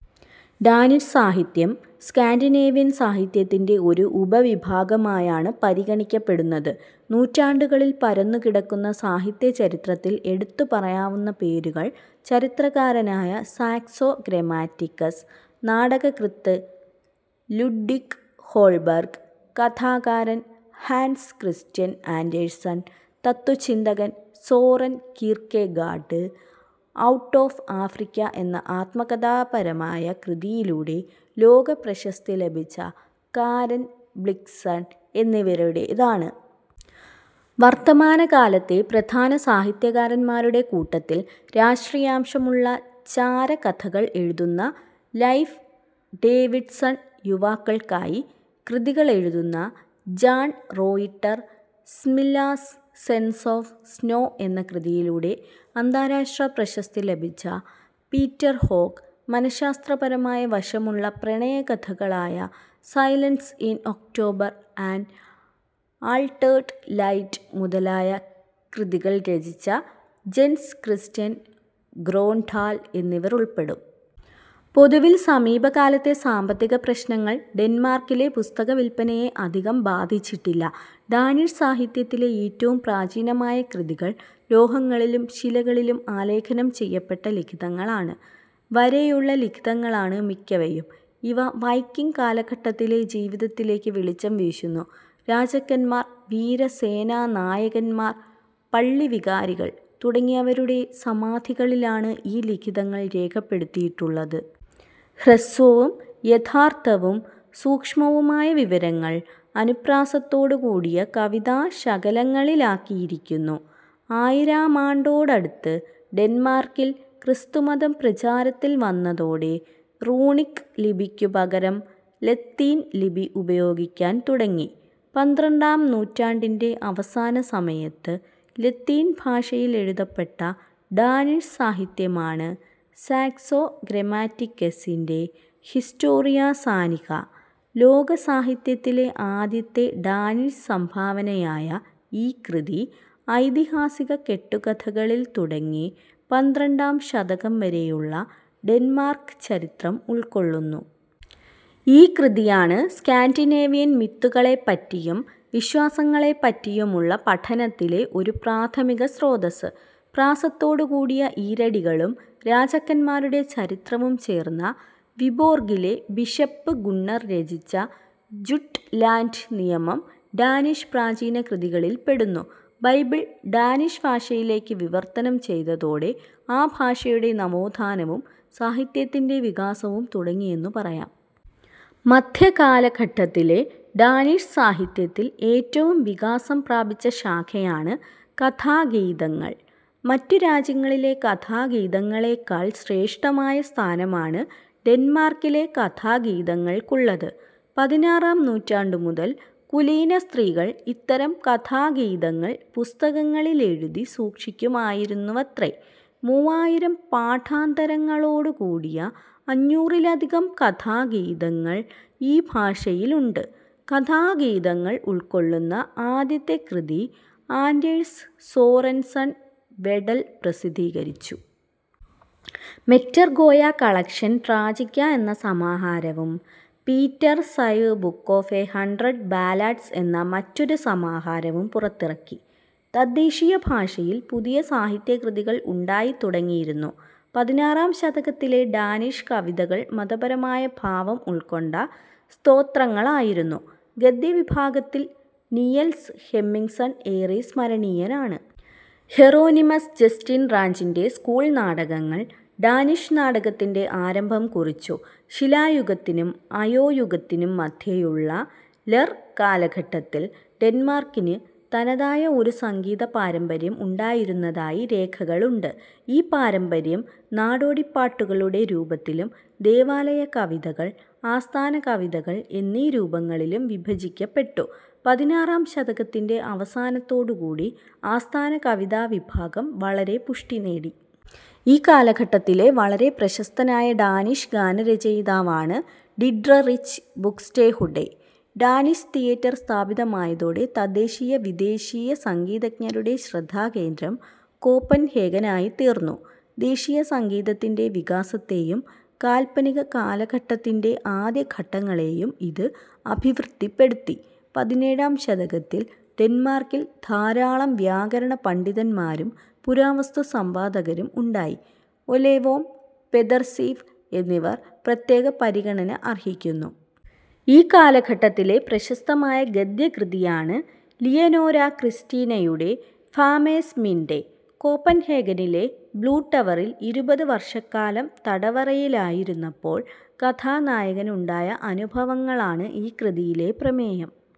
Danish സാഹിത്യം Scandinavian സാഹിത്യത്തിൻ്റെ ഒരു ഉപവിഭാഗമായാണ് പരിഗണിക്കപ്പെടുന്നത്. നൂറ്റാണ്ടുകളിൽ പരന്നുകിടക്കുന്ന സാഹിത്യചരിത്രത്തിൽ എടുത്തു പറയാവുന്ന പേരുകൾ ചരിത്രകാരനായ സാക്സോ ഗ്രമാറ്റിക്കസ്, നാടകകൃത്ത് ലുഡ്വിഗ് ഹോൾബർഗ്, കഥാകാരൻ ഹാൻസ് ക്രിസ്ത്യൻ ആൻഡേഴ്സൺ, തത്ത്വചിന്തകൻ Soren Kierkegaard, out of Africa എന്ന ആത്മകഥാപരമായ കൃതിയിലൂടെ ലോകപ്രശസ്തി ലഭിച്ച കാരെൻ ബ്ലിക്സൺ എന്നിവരുടേതാണ്. വർത്തമാനകാലത്തെ പ്രധാന സാഹിത്യകാരന്മാരുടെ കൂട്ടത്തിൽ രാഷ്ട്രീയാംശമുള്ള ചാരകഥകൾ എഴുതുന്ന ലൈഫ് ഡേവിഡ്സൺ, യുവാക്കൾക്കായി കൃതികളെഴുതുന്ന John Reuter, Smilla's sense of snow എന്ന കൃതിയിലൂടെ അന്താരാഷ്ട്രപ്രശസ്തി ലഭിച്ച പീറ്റർ ഹോഗ്, മനഃശാസ്ത്രപരമായ വശമുള്ള പ്രണയകഥകളായ silence in October, an altered light മുതലായ കൃതികൾ രചിച്ച ജെൻസ് ക്രിസ്റ്റ്യൻ ഗ്രോണ്ഡാൽ എന്നിവരുൾപ്പെടും. പൊതുവിൽ സമീപകാലത്തെ സാമ്പത്തിക പ്രശ്നങ്ങൾ ഡെന്മാർക്കിലെ പുസ്തകവിൽപ്പനയെ അധികം ബാധിച്ചിട്ടില്ല. ഡാനിഷ് സാഹിത്യത്തിലെ ഏറ്റവും പ്രാചീനമായ കൃതികൾ ലോഹങ്ങളിലും ശിലകളിലും ആലേഖനം ചെയ്യപ്പെട്ട ലിഖിതങ്ങളാണ്. വരെയുള്ള ലിഖിതങ്ങളാണ് മിക്കവയും. ഇവ വൈക്കിങ് കാലഘട്ടത്തിലെ ജീവിതത്തിലേക്ക് വെളിച്ചം വീശുന്നു. രാജാക്കന്മാർ, വീരസേനാനായകന്മാർ, പള്ളിവികാരികൾ തുടങ്ങിയവരുടെ സമാധികളിലാണ് ഈ ലിഖിതങ്ങൾ രേഖപ്പെടുത്തിയിട്ടുള്ളത്. ഹ്രസ്വവും യഥാർഥവും സൂക്ഷ്മവുമായ വിവരങ്ങൾ അനുപ്രാസത്തോടുകൂടിയ കവിതാ ശകലങ്ങളിലാക്കിയിരിക്കുന്നു. ആയിരാമാണ്ടോടടുത്ത് ഡെന്മാർക്കിൽ ക്രിസ്തുമതം പ്രചാരത്തിൽ വന്നതോടെ റൂണിക് ലിപിക്കു പകരം ലത്തീൻ ലിപി ഉപയോഗിക്കാൻ തുടങ്ങി. പന്ത്രണ്ടാം നൂറ്റാണ്ടിൻ്റെ അവസാനസമയത്ത് ലത്തീൻ ഭാഷയിലെഴുതപ്പെട്ട ഡാനിഷ് സാഹിത്യമാണ്, സാക്സോ ഗ്രമാറ്റിക്കസിൻ്റെ ഹിസ്റ്റോറിയ സാനിക. ലോകസാഹിത്യത്തിലെ ആദ്യത്തെ ഡാനിഷ് സംഭാവനയായ ഈ കൃതി ഐതിഹാസിക കെട്ടുകഥകളിൽ തുടങ്ങി പന്ത്രണ്ടാം ശതകം വരെയുള്ള ഡെന്മാർക്ക് ചരിത്രം ഉൾക്കൊള്ളുന്നു. ഈ കൃതിയാണ് സ്കാൻഡിനേവിയൻ മിത്തുകളെപ്പറ്റിയും വിശ്വാസങ്ങളെപ്പറ്റിയുമുള്ള പഠനത്തിലെ ഒരു പ്രാഥമിക സ്രോതസ്സ്. പ്രാസത്തോടു കൂടിയ ഈരടികളും രാജാക്കന്മാരുടെ ചരിത്രവും ചേർന്ന വിബോർഗിലെ ബിഷപ്പ് ഗുന്നർ രചിച്ച ജുട്ട്ലാൻഡ് നിയമം ഡാനിഷ് പ്രാചീന കൃതികളിൽപ്പെടുന്നു. ബൈബിൾ ഡാനിഷ് ഭാഷയിലേക്ക് വിവർത്തനം ചെയ്തതോടെ ആ ഭാഷയുടെ നവോത്ഥാനവും സാഹിത്യത്തിൻ്റെ വികാസവും തുടങ്ങിയെന്നു പറയാം. മദ്ധ്യകാലഘട്ടത്തിലെ ഡാനിഷ് സാഹിത്യത്തിൽ ഏറ്റവും വികാസം പ്രാപിച്ച ശാഖയാണ് കഥാഗീതങ്ങൾ. മറ്റു രാജ്യങ്ങളിലെ കഥാഗീതങ്ങളെക്കാൾ ശ്രേഷ്ഠമായ സ്ഥാനമാണ് ഡെന്മാർക്കിലെ കഥാഗീതങ്ങൾക്കുള്ളത്. പതിനാറാം നൂറ്റാണ്ടു മുതൽ കുലീന സ്ത്രീകൾ ഇത്തരം കഥാഗീതങ്ങൾ പുസ്തകങ്ങളിൽ എഴുതി സൂക്ഷിക്കുമായിരുന്നുവത്രേ. മൂവായിരം പാഠാന്തരങ്ങളോടു കൂടിയ അഞ്ഞൂറിലധികം കഥാഗീതങ്ങൾ ഈ ഭാഷയിലുണ്ട്. കഥാഗീതങ്ങൾ ഉൾക്കൊള്ളുന്ന ആദ്യത്തെ കൃതി ആൻഡേഴ്സ് സോറൻസൻ വെഡൽ പ്രസിദ്ധീകരിച്ചു. മെറ്റെർ ഗോയ കളക്ഷൻ ട്രാജിക്ക എന്ന സമാഹാരവും Peder Syv book of a hundred ballads എന്ന മറ്റൊരു സമാഹാരവും പുറത്തിറക്കി. തദ്ദേശീയ ഭാഷയിൽ പുതിയ സാഹിത്യകൃതികൾ ഉണ്ടായിത്തുടങ്ങിയിരുന്നു. പതിനാറാം ശതകത്തിലെ ഡാനിഷ് കവിതകൾ മതപരമായ ഭാവം ഉൾക്കൊണ്ട സ്തോത്രങ്ങളായിരുന്നു. ഗദ്യവിഭാഗത്തിൽ നിയൽസ് ഹെമ്മിങ്സൺ ഏറെ സ്മരണീയനാണ്. ഹെറോനിമസ് ജസ്റ്റീൻ റാഞ്ചിൻ്റെ സ്കൂൾ നാടകങ്ങൾ ഡാനിഷ് നാടകത്തിൻ്റെ ആരംഭം കുറിച്ചു. ശിലായുഗത്തിനും അയോയുഗത്തിനും മധ്യേയുള്ള ലർ കാലഘട്ടത്തിൽ ഡെന്മാർക്കിന് തനതായ ഒരു സംഗീത പാരമ്പര്യം ഉണ്ടായിരുന്നതായി രേഖകളുണ്ട്. ഈ പാരമ്പര്യം നാടോടിപ്പാട്ടുകളുടെ രൂപത്തിലും ദേവാലയ കവിതകൾ, ആസ്ഥാന കവിതകൾ എന്നീ രൂപങ്ങളിലും വിഭജിക്കപ്പെട്ടു. പതിനാറാം ശതകത്തിൻ്റെ അവസാനത്തോടു കൂടി ആസ്ഥാന കവിതാ വിഭാഗം വളരെ പുഷ്ടി നേടി. ഈ കാലഘട്ടത്തിലെ വളരെ പ്രശസ്തനായ ഡാനിഷ് ഗാനരചയിതാവാണ് ഡിട്രറിച്ച് ബുക്സ്റ്റെഹുഡെ. ഡാനിഷ് തിയേറ്റർ സ്ഥാപിതമായതോടെ തദ്ദേശീയ വിദേശീയ സംഗീതജ്ഞരുടെ ശ്രദ്ധാകേന്ദ്രം കോപ്പൻഹേഗനായിത്തീർന്നു. ദേശീയ സംഗീതത്തിൻ്റെ വികാസത്തേയും കാൽപ്പനിക കാലഘട്ടത്തിൻ്റെ ആദ്യഘട്ടങ്ങളേയും ഇത് അഭിവൃദ്ധിപ്പെടുത്തി. പതിനേഴാം ശതകത്തിൽ ഡെന്മാർക്കിൽ ധാരാളം വ്യാകരണപണ്ഡിതന്മാരും പുരാവസ്തു സമ്പാദകരും ഉണ്ടായി. ഒലെവോം, പെദർസീവ് എന്നിവർ പ്രത്യേക പരിഗണന അർഹിക്കുന്നു. ഈ കാലഘട്ടത്തിലെ പ്രശസ്തമായ ഗദ്യകൃതിയാണ് ലിയനോരാ ക്രിസ്റ്റീനയുടെ ഫാമേഴ്സ് മിൻഡേ. കോപ്പൻഹേഗനിലെ ബ്ലൂ ടവറിൽ ഇരുപത് വർഷക്കാലം തടവറയിലായിരുന്നപ്പോൾ കഥാനായകന് ഉണ്ടായ അനുഭവങ്ങളാണ് ഈ കൃതിയിലെ പ്രമേയം.